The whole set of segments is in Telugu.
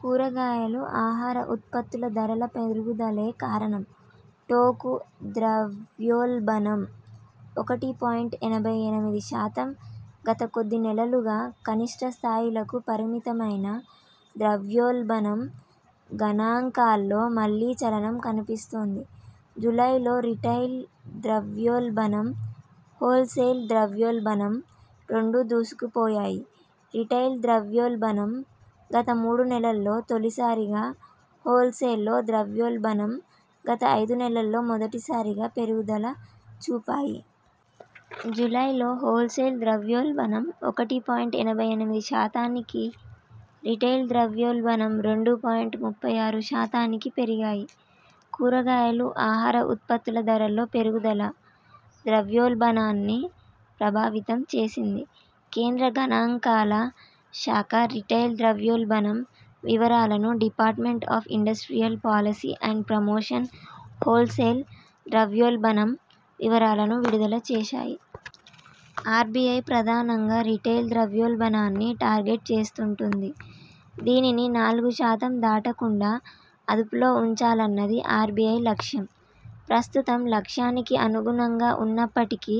కూరగాయలు, ఆహార ఉత్పత్తుల ధరల పెరుగుదలే కారణం. టోకు ద్రవ్యోల్బణం ఒకటి పాయింట్ ఎనభై ఎనిమిది శాతం గత కొద్ది నెలలుగా కనిష్ట స్థాయిలకు పరిమితమైన ద్రవ్యోల్బణం గణాంకాల్లో మళ్లీ చలనం కనిపిస్తోంది. జూలైలో రిటైల్ ద్రవ్యోల్బణం, హోల్సేల్ ద్రవ్యోల్బణం రెండూ దూసుకుపోయాయి. రిటైల్ ద్రవ్యోల్బణం గత మూడునెలల్లో తొలిసారిగా, హోల్సేల్ ద్రవ్యోల్బణం గత ఐదు నెలల్లో మొదటిసారిగా పెరుగుదల చూపాయి. జూలైలో హోల్సేల్ ద్రవ్యోల్బణం ఒకటి పాయింట్ ఎనభై ఎనిమిది శాతానికి, రిటైల్ ద్రవ్యోల్బణం రెండు పాయింట్ ముప్పై ఆరు శాతానికి పెరిగాయి. కూరగాయలు, ఆహార ఉత్పత్తుల ధరల్లో పెరుగుదల ద్రవ్యోల్బణాన్ని ప్రభావితం చేసింది. కేంద్ర గణాంకాల శాఖ రిటైల్ ద్రవ్యోల్బణం వివరాలను, department of industrial policy and promotion wholesale ద్రవ్యోల్బణం వివరాలను విడుదల చేశాయి. ఆర్బిఐ ప్రధానంగా రిటైల్ ద్రవ్యోల్బణాన్ని టార్గెట్ చేస్తుంటుంది. దీనిని నాలుగు శాతం దాటకుండా అదుపులో ఉంచాలన్నది ఆర్బిఐ లక్ష్యం. ప్రస్తుతం లక్ష్యానికి అనుగుణంగా ఉన్నప్పటికీ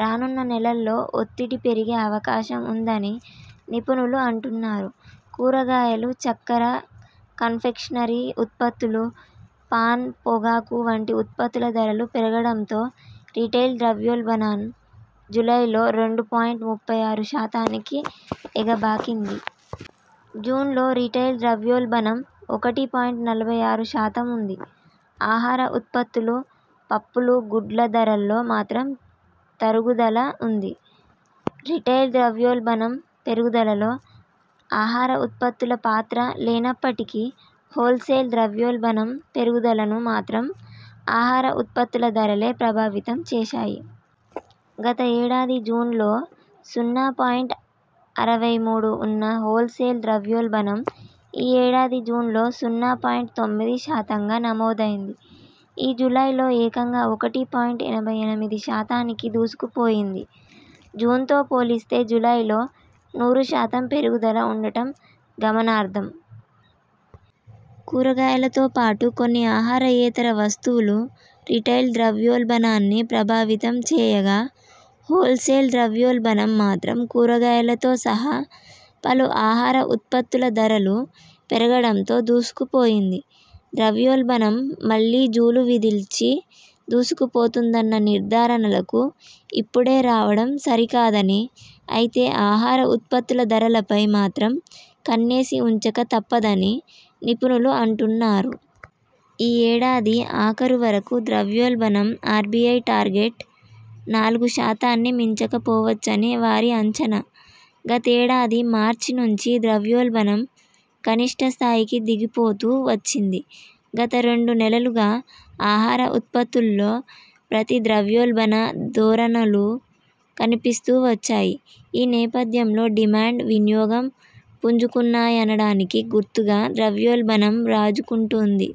రానున్న నెలల్లో ఒత్తిడి పెరిగే అవకాశం ఉందని నిపుణులు అంటున్నారు. కూరగాయలు, చక్కెర, కన్ఫెక్షనరీ ఉత్పత్తులు, పాన్, పొగాకు వంటి ఉత్పత్తుల ధరలు పెరుగడంతో రిటైల్ ద్రవ్యోల్బణం జూలైలో రెండు పాయింట్ ముప్పై ఆరు శాతానికి ఎగబాకింది. జూన్లో రిటైల్ ద్రవ్యోల్బణం ఒకటి పాయింట్ నలభై ఆరు శాతం ఉంది. ఆహార ఉత్పత్తులు, పప్పులు, గుడ్ల ధరల్లో మాత్రం తరుగుదల ఉంది. రిటైల్ ద్రవ్యోల్బణం పెరుగుదలలో ఆహార ఉత్పత్తుల పాత్ర లేనప్పటికీ హోల్సేల్ ద్రవ్యోల్బణం పెరుగుదలను మాత్రం ఆహార ఉత్పత్తుల ధరలే ప్రభావితం చేశాయి. గత ఏడాది జూన్లో సున్నా పాయింట్ అరవై మూడు ఉన్న హోల్ సేల్ ద్రవ్యోల్బణం ఈ ఏడాది జూన్లో సున్నా పాయింట్ తొమ్మిది శాతంగా నమోదైంది. ఈ జూలైలో ఏకంగా ఒకటి పాయింట్ ఎనభై ఎనిమిది శాతానికి దూసుకుపోయింది. జూన్తో పోలిస్తే జూలైలో నూరు శాతం పెరుగుదల ఉండటం గమనార్హం. కూరగాయలతో పాటు కొన్ని ఆహారయేతర వస్తువులు రిటైల్ ద్రవ్యోల్బణాన్ని ప్రభావితం చేయగా, హోల్సేల్ ద్రవ్యోల్బణం మాత్రం కూరగాయలతో సహా పలు ఆహార ఉత్పత్తుల ధరలు పెరగడంతో దూసుకుపోయింది. ద్రవ్యోల్బణం మళ్లీ జూలు విదిల్చి దూసుకుపోతుందన్న నిర్ధారణలకు ఇప్పుడే రావడం సరికాదని, అయితే ఆహార ఉత్పత్తుల ధరలపై మాత్రం కన్నేసి ఉంచక తప్పదని నిపుణులు అంటున్నారు. ఈ ఏడాది ఆఖరు వరకు ద్రవ్యోల్బణం ఆర్బిఐ టార్గెట్ నాలుగు శాతాన్ని మించకపోవచ్చని వారి అంచనా. గతేడాది మార్చి నుంచి ద్రవ్యోల్బణం కనిష్ఠ స్థాయికి దిగిపోతూ వచ్చింది. గత రెండు నెలలుగా ఆహార ఉత్పత్తుల్లో ప్రతి ద్రవ్యోల్బణ ధోరణులు కనిపిస్తూ వచ్చాయి. ఈ నేపధ్యంలో డిమాండ్, వినియోగం పుంజుకున్నాయనడానికి గుర్తుగా ద్రవ్యోల్బణం రాజుకుంటోంది.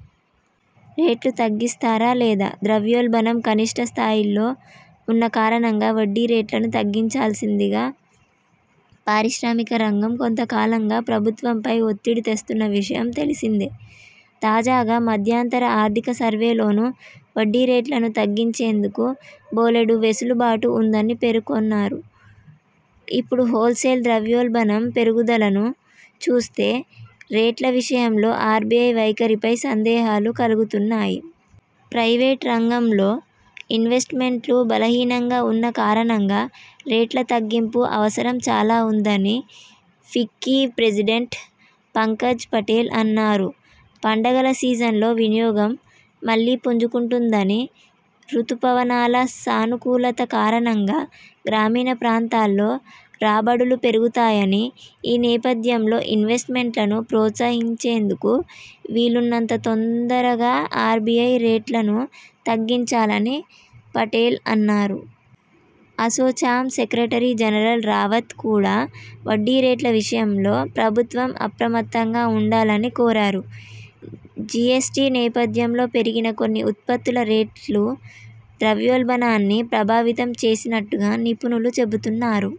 రేట్లు తగ్గిస్తారా లేదా? ద్రవ్యోల్బణం కనిష్ఠ స్థాయిల్లో ఉన్న కారణంగా వడ్డీ రేట్లను తగ్గించాల్సిందిగా పారిశ్రామిక రంగం కొంతకాలంగా ప్రభుత్వంపై ఒత్తిడి తెస్తున్న విషయం తెలిసిందే. తాజాగా మధ్యంతర ఆర్థిక సర్వేలోనూ వడ్డీ రేట్లను తగ్గించేందుకు బోలెడు వెసులుబాటు ఉందని పేర్కొన్నారు. ఇప్పుడు హోల్సేల్ ద్రవ్యోల్బణం పెరుగుదలను చూస్తే రేట్ల విషయంలో ఆర్బిఐ వైఖరిపై సందేహాలు కలుగుతున్నాయి. ప్రైవేట్ రంగంలో ఇన్వెస్ట్ మెంట్లు బలహీనంగా ఉన్న కారణంగా రేట్ల తగ్గింపు అవసరం చాలా ఉందనీ ఫిక్కీ ప్రెసిడెంట్ పంకజ్ పటేల్ అన్నారు. పండగల సీజన్లో వినియోగం మళ్లీ పుంజుకుంటుందని, రుతుపవనాల సానుకూలత కారణంగా గ్రామీణ ప్రాంతాల్లో రాబడులు పెరుగుతాయని ఈ నేపథ్యంలో ఇన్వెస్ట్ మెంట్లను ప్రోత్సహించేందుకు వీలున్నంత తొందరగా ఆర్బిఐ రేట్లను తగ్గించాలని పటేల్ అన్నారు. అసోచామ్ సెక్రటరీ జనరల్ రావత్ కూడా వడ్డీ రేట్ల విషయంలో ప్రభుత్వం అప్రమత్తంగా ఉండాలని కోరారు. జిఎ్సటి నేపథ్యంలో పెరిగిన కొన్ని ఉత్పత్తుల రేట్లు ద్రవ్యోల్బణాన్ని ప్రభావితం చేసినట్టుగా నిపుణులు చెబుతున్నారు.